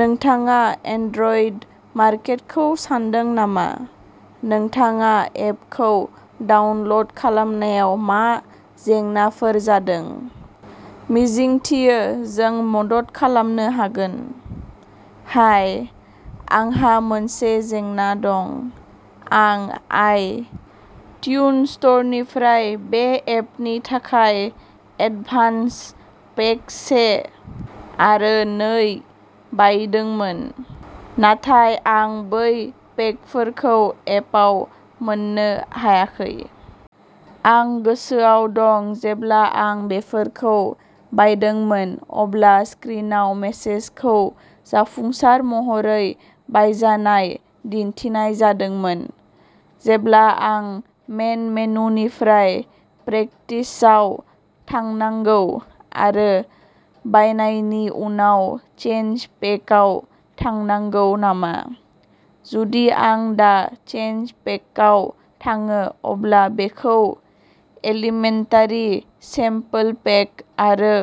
नोंथाङा एन्ड्रइड मार्केटखौ सान्दों नामा? नोंथाङा एपखौ डाउनल'ड खालामनायाव मा जेंनाफोर जादों? मिजिंथियो जों मदद खालामनो हागोन! हाय, आंहा मोनसे जेंना दं। आं आइ ट्यून स्ट'रनिफ्राय बे एपनि थाखाय एडभान्स पेक से आरो नै बायदोंमोन, नाथाय आं बै पेकफोरखौ एपआव मोननो हायाखै। आं गोसोआव दं जेब्ला आं बेफोरखौ बायदोंमोन अब्ला स्क्रिनआव मेसेजखौ "जाफुंसार महरै बायजानाय" दिन्थिनाय जादोंमोन। जेब्ला आं मेन मेनुनिफ्राय "प्रेकटिस" आव थांनांगौ, आरो बायनायनि उनाव "चेन्ज पेक" आव थांनांगौ नामा? जुदि आं दा "चेन्ज पेक" आव थाङो, अब्ला बेखौ "इलिमेन्टारि सेम्पल पेक" आरो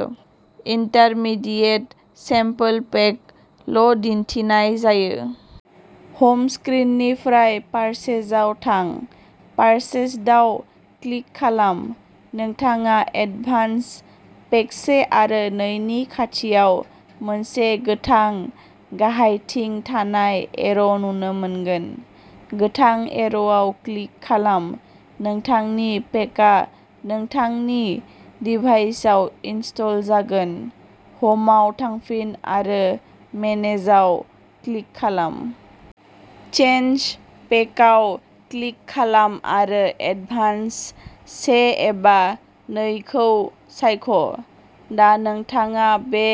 "इन्टारमिडियेट सेम्पल पेक" ल' दिन्थिनाय जायो। हम स्क्रिननिफ्राय पारचेजआव थां। पारचेजडआव क्लिक खालाम। नोंथाङा एडभान्स पेक से आरो नै नि खाथियाव मोनसे गोथां गाहायथिं थानाय एर' नुनो मोनगोन। गोथां एर'आव क्लिक खालाम नोंथांनि पेकआ नोंथांनि दिभाइसआव इनस्टल जागोन। हमआव थांफिन आरो मेनेजाव क्लिक खालाम। चेन्ज पेकआव क्लिक खालाम आरो एडभान्स से एबा नै खौ सायख'। दा नोंथाङा बे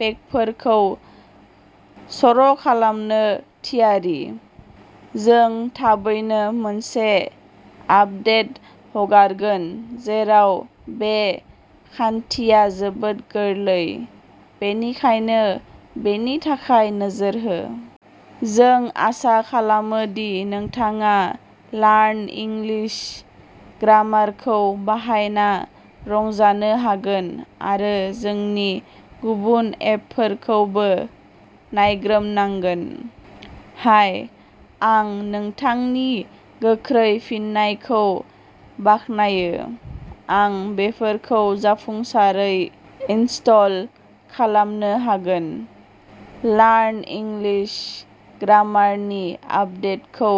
पेकफोरखौ सर' खालामनो थियारि! जों थाबैनो मोनसे आपदेट हगारगोन जेराव बे खान्थिया जोबोद गोरलै, बेनिखायनो बेनि थाखाय नोजोर हो! जों आसा खालामो दि नोंथाङा लार्न इंलिश ग्रामारखौ बाहायना रंजानो हागोन आरो जोंनि गुबुन एपफोरखौबो नायग्रोमनांगोन। हाय, आं नोंथांनि गोख्रै फिननायखौ बाख्नायो। आं बेफोरखौ जाफुंसारै इनस्टल खालामनो हागोन! लार्न इंलिश ग्रामारनि आपदेटखौ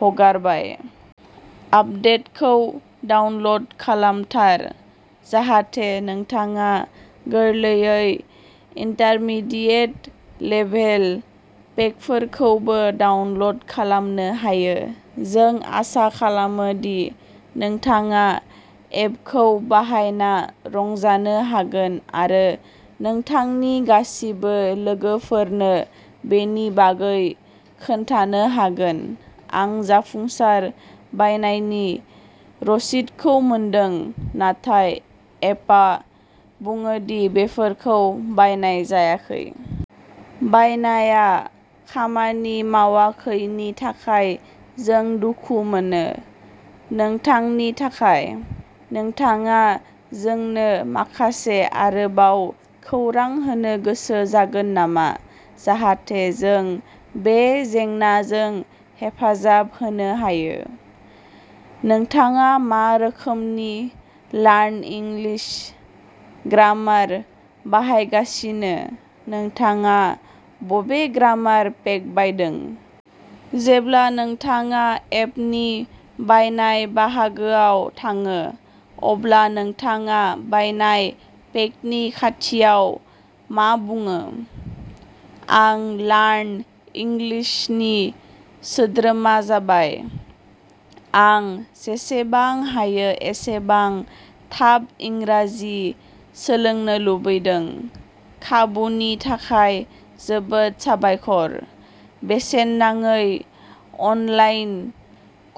हगारबाय! आपदेटखौ डाउनल'ड खालामथार जाहाथे नोंथाङा गोरलैयै इन्टारमिडियेत लेभेल पेकफोरखौबो डाउनल'ड खालामनो हायो। जों आसा खालामो दि नोंथाङा एपखौ बाहायना रंजानो हागोन आरो नोंथांनि गासिबो लोगोफोरनो बेनि बागै खोन्थानो हागोन! आं जाफुंसार बायनायनि रसिदखौ मोनदों, नाथाय एपआ बुङोदि बेफोरखौ बायनाय जायाखै। बायनाया खामानि मावाखैनि थाखाय जों दुखु मोनो। नोंथांनि थाखाय। नोंथाङा जोंनो माखासे आरोबाव खौरां होनो गोसो जागोन नामा जाहाथे जों बे जेंनाजों हेफाजाब होनो हायो? नोंथाङा मा रोखोमनि लार्न इंग्लिश ग्रामार बाहायगासिनो? नोंथाङा बबे ग्रामार पेक बायदों? जेब्ला नोंथाङा एपनि बायनाय बाहागोआव थाङो, अब्ला नोंथाङा बायनाय पेकनि खाथियाव मा बुङो? आं लार्न इंग्लिशनि सोद्रोमा जाबाय। आं जेसेबां हायो एसेबां थाब इंराजि सोलोंनो लुबैदों। खाबुनि थाखाय जोबोद साबायखर। बेसेन नाङै अनलाइन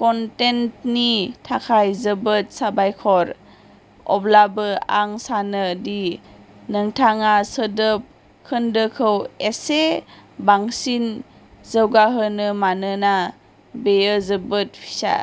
कन्टेन्टनि थाखाय जोबोद साबायखर, अब्लाबो आं सानो दि नोंथाङा सोदोब खोन्दोखौ एसे बांसिन जौगाहोयो मानोना बेयो जोबोद फिसा।